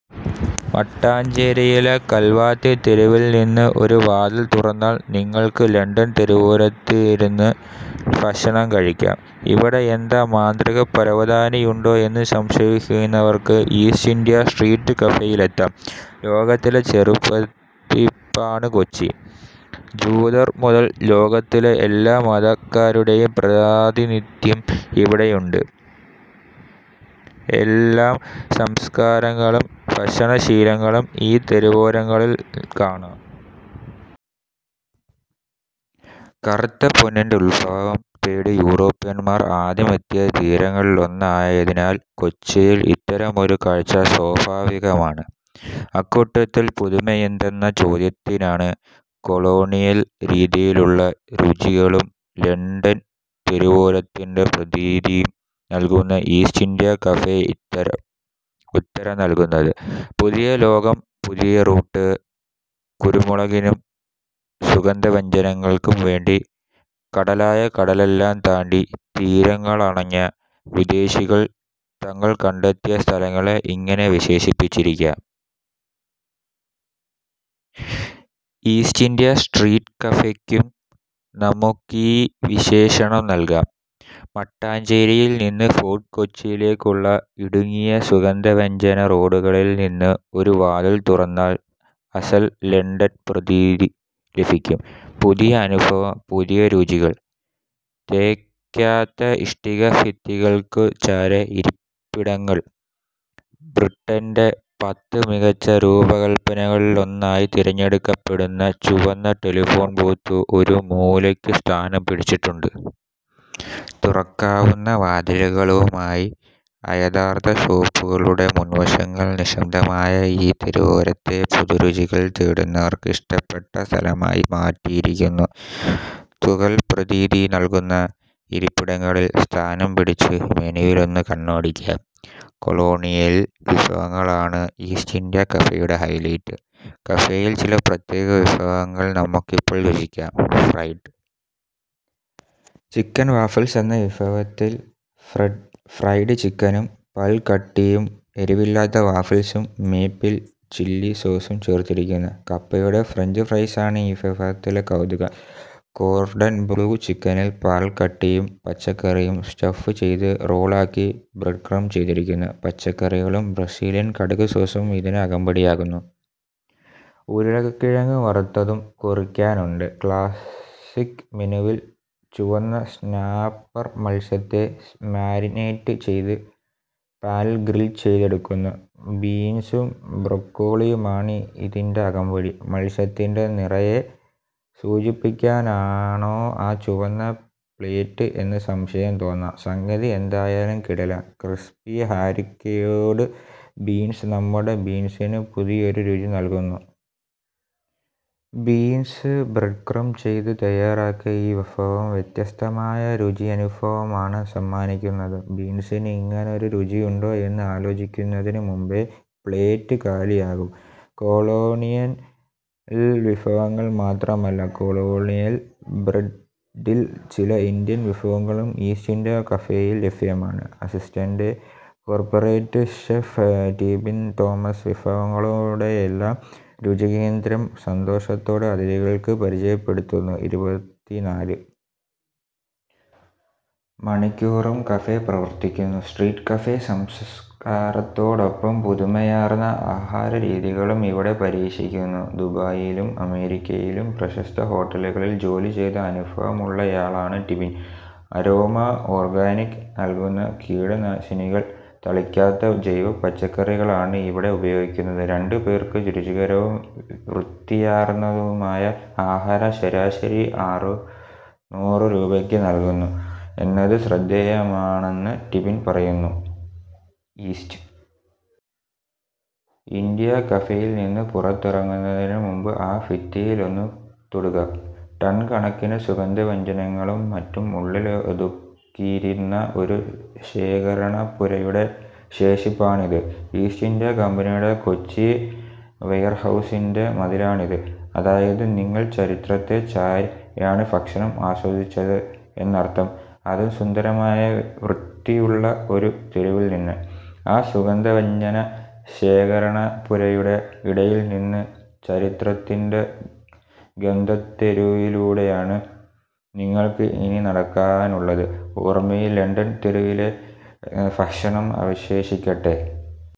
മട്ടാഞ്ചേരിയിലെ കൽവാത്തി തെരുവിൽനിന്ന് ഒരു വാതിൽ തുറന്നാൽ നിങ്ങൾക്ക് ലണ്ടൻ തെരുവോരത്തിരുന്ന് ഭക്ഷണം കഴിക്കാം. ഇവിടെ എന്താ മാന്ത്രികപ്പരവതാനിയുണ്ടോ എന്ന് സംശയിക്കുന്നവർക്ക് ഈസ്റ്റ് ഇന്ത്യ സ്ട്രീറ്റ് കഫേയിലെത്താം. ലോകത്തിന്റെ ചെറുപതിപ്പാണ് കൊച്ചി. ജൂതർ മുതൽ ലോകത്തിലെ എല്ലാ മതക്കാരുടെയും പ്രാധാതിനിധ്യം ഇവിടെയുണ്ട്. എല്ലാ സംസ്കാരങ്ങളും ഭക്ഷണശീലങ്ങളും ഈ തെരുവോരങ്ങളിൽ കാണാം. കറുത്ത പൊന്നിന്റെ ഉദ്ഭവം തേടി യൂറോപ്യൻമാർ ആദ്യമെത്തിയ തീരങ്ങളിലൊന്നായതിനാൽ കൊച്ചിയിൽ ഇത്തരമൊരു കാഴ്ച സ്വാഭാവികമാണ്. അക്കൂട്ടത്തിൽ പുതുമയെന്തെന്ന ചോദ്യത്തിനാണ് കൊളോണിയൽ രീതിയിലുള്ള രുചികളും ലണ്ടൻ തെരുവോരത്തിന്റെ പ്രതീതിയും നൽകുന്ന ഈസ്റ്റ് ഇന്ത്യാ കഫേ ഇത്തരം ഉത്തരം നൽകുന്നത്. പുതിയ ലോകം. പുതിയ റൂട്ട്. കുരുമുളകിനും സുഗന്ധവ്യഞ്ജനങ്ങൾക്കും വേണ്ടി കടലായ കടലെല്ലാം താണ്ടി തീരങ്ങളണഞ്ഞ വിദേശികൾ തങ്ങൾ കണ്ടെത്തിയ സ്ഥലങ്ങളെ ഇങ്ങനെ വിശേഷിപ്പിച്ചിരിക്കാം. ഈസ്റ്റ് ഇന്ത്യ സ്ട്രീറ്റ് കഫേയ്ക്കും നമുക്കീ വിശേഷണം നൽകാം. മട്ടാഞ്ചേരിയിൽനിന്ന് ഫോർട്ട് കൊച്ചിയിലേക്കുള്ള ഇടുങ്ങിയ സുഗന്ധവ്യഞ്ജന റോഡുകളിൽനിന്ന് ഒരു വാതിൽ തുറന്നാൽ അസ്സൽ ലണ്ടൻ പ്രതീതി ലഭിക്കും. പുതിയ അനുഭവം. പുതിയ രുചികൾ. തേക്കാത്ത ഇഷ്ടികഭിത്തികൾക്കു ചാരെ ഇരിപ്പിടങ്ങൾ. ബ്രിട്ടന്റെ പത്ത് മികച്ച രൂപകൽപ്പനകളിലൊന്നായി തിരഞ്ഞെടുക്കപ്പെടുന്ന ചുവന്ന ടെലിഫോൺ ബൂത്ത് ഒരു മൂലയ്ക്ക് സ്ഥാനം പിടിച്ചിട്ടുണ്ട്. തുറക്കാവുന്ന വാതിലുകളുമായി അയഥാർഥ ഷോപ്പുകളുടെ മുൻവശങ്ങൾ നിശ്ശബ്ദമായ ഈ തെരുവോരത്തെ പുതുരുചികൾ തേടുന്നവർക്ക് ഇഷ്ടപ്പെട്ട സ്ഥലമാക്കി മാറ്റിയിരിക്കുന്നു. തുകൽ പ്രതീതി നൽകുന്ന ഇരിപ്പിടങ്ങളിൽ സ്ഥാനം പിടിച്ച് മെനുവിൽ ഒന്ന് കണ്ണോടിക്കാം. കൊളോണിയൽ വിഭവങ്ങളാണ് ഈസ്റ്റ് ഇന്ത്യാ കഫേയുടെ ഹൈലൈറ്റ്. കഫേയിലെ ചില പ്രത്യേക വിഭവങ്ങൾ നമുക്കിപ്പോൾ രുചിക്കാം. ഫ്രൈഡ് ചിക്കൻ വാഫിൾസ് എന്ന വിഭവത്തിൽ ഫ്രഡ്‌ ഫ്രൈഡ് ചിക്കനും പാൽക്കട്ടിയും എരിവില്ലാത്ത വാഫിൾസും മേപ്പിൾ ചില്ലി സോസും ചേർത്തിരിക്കുന്നു. കപ്പയുടെ ഫ്രഞ്ച് ഫ്രൈസാണ് ഈ വിഭവത്തിലെ കൗതുകം. കോർഡൺ ബ്ല്യൂ ചിക്കനിൽ പാൽക്കട്ടിയും പച്ചക്കറികളും സ്റ്റഫ് ചെയ്ത് റോൾ ആക്കി ബ്രെഡ് ക്രംപ് ചെയ്തിരിക്കുന്നു. പച്ചക്കറികളും ബ്രസീലിയൻ കടുക് സോസും ഇതിന് അകമ്പടിയാകുന്നു. ഉരുളക്കിഴങ്ങ് വറുത്തതും കൊറിക്കാനുണ്ട്. ക്ലാസിക് മെനുവിൽ ചുവന്ന സ്നാപ്പർ മത്സ്യത്തെ മാരിനേറ്റ് ചെയ്ത് പാനിൽ ഗ്രിൽ ചെയ്തെടുക്കുന്നു. ബീൻസും ബ്രൊക്കോളിയുമാണ് ഇതിന്റെ അകമ്പടി. മത്സ്യത്തിന്റെ നിറയെ സൂചിപ്പിക്കാനാണോ ആ ചുവന്ന പ്ലേറ്റ് എന്ന് സംശയം തോന്നാം. സംഗതി എന്തായാലും കിടിലൻ. ക്രിസ്പി ഹാരിക്കോട് ബീൻസ് നമ്മുടെ ബീൻസിന് പുതിയൊരു രുചി നൽകുന്നു. ബീൻസ് ബ്രെഡ് ക്രംപ് ചെയ്ത് തയ്യാറാക്കിയ ഈ വിഭവം വ്യത്യസ്തമായ രുചിയനുഫവമാണ് സമ്മാനിക്കുന്നത്. ബീൻസിന് ഇങ്ങനെയും രുചിയുണ്ടോ എന്ന് ആലോചിക്കുന്നതിന് മുമ്പേ പ്ലേറ്റ് കാലിയാകും. കൊളോണിയൽ വിഫവങ്ങൾ മാത്രമല്ല. കൊളോണിയൽ ബ്ലെൻഡിൽ ചില ഇന്ത്യൻ വിഭവങ്ങളും ഈസ്റ്റ് ഇന്ത്യാ കഫേയിൽ ലഫ്യമാണ്. Assistant corporate chef Tibin Thomas വിഫവങ്ങളുടെയെല്ലാം രുചികേന്ദ്രം സന്തോഷത്തോടെ അതിഥികൾക്ക് പരിചയപ്പെടുത്തുന്നു. ഇരുപത്തിനാല് മണിക്കൂറും കഫേ പ്രവർത്തിക്കുന്നു. സ്ട്രീറ്റ് കഫേ സംസ്കാരത്തോടൊപ്പം പുതുമയാർന്ന ആഹാരരീതികളും ഇവിടെ പരീക്ഷിക്കുന്നു. ദുബായിലും അമേരിക്കയിലും പ്രശസ്ത ഹോട്ടലുകളിൽ ജോലി ചെയ്ത അനുഫവമുള്ളയാളാണ് ടിബിൻ. അരോമ ഓർഗാനിക് നൽകുന്ന കീടനാശിനികൾ തളിക്കാത്ത ജൈവ പച്ചക്കറികളാണ് ഇവിടെ ഉപയോഗിക്കുന്നത്. രണ്ടുപേർക്ക് രുചികരവും വൃത്തിയാർന്നതുമായ ആഹാരം ശരാശരി അറുനൂറ് രൂപയ്ക്ക് നൽകുന്നു എന്നത് ശ്രദ്ധേയമാണെന്ന് ടിബിൻ പറയുന്നു. ഈസ്റ്റ് ഇന്ത്യാ കഫേയിൽനിന്ന് പുറത്തിറങ്ങുന്നതിന് മുമ്പ് ആ ഭിത്തിയിലൊന്ന് തൊടുക. ടൺ കണക്കിന് സുഗന്ധവ്യഞ്ജനങ്ങളും മറ്റും ഉള്ളിലൊതുക്കിയിരുന്ന ഒരു ശേഖരണപ്പുരയുടെ ശേഷിപ്പാണിത്. ഈസ്റ്റ് ഇന്ത്യാ കമ്പനിയുടെ കൊച്ചി വെയർഹൗസിന്റെ മതിലാണിത്. അതായത് നിങ്ങൾ ചരിത്രത്തെ ചാരിയാണ് ഭക്ഷണം ആസ്വദിച്ചത് എന്നർഥം. അതും സുന്ദരമായ വൃത്തിയുള്ള ഒരു തെരുവിൽനിന്ന്. ആ സുഗന്ധവ്യഞ്ജന ശേഖരണപ്പുരയുടെ ഇടയിൽനിന്ന് ചരിത്രത്തിന്റെ ഗന്ധത്തേരുവിലൂടെയാണ് നിങ്ങൾക്ക് ഇനി നടക്കാനുള്ളത്. ഓർമയിൽ ലണ്ടൻ തെരുവിലെ ഭക്ഷണം അവശേഷിക്കട്ടെ.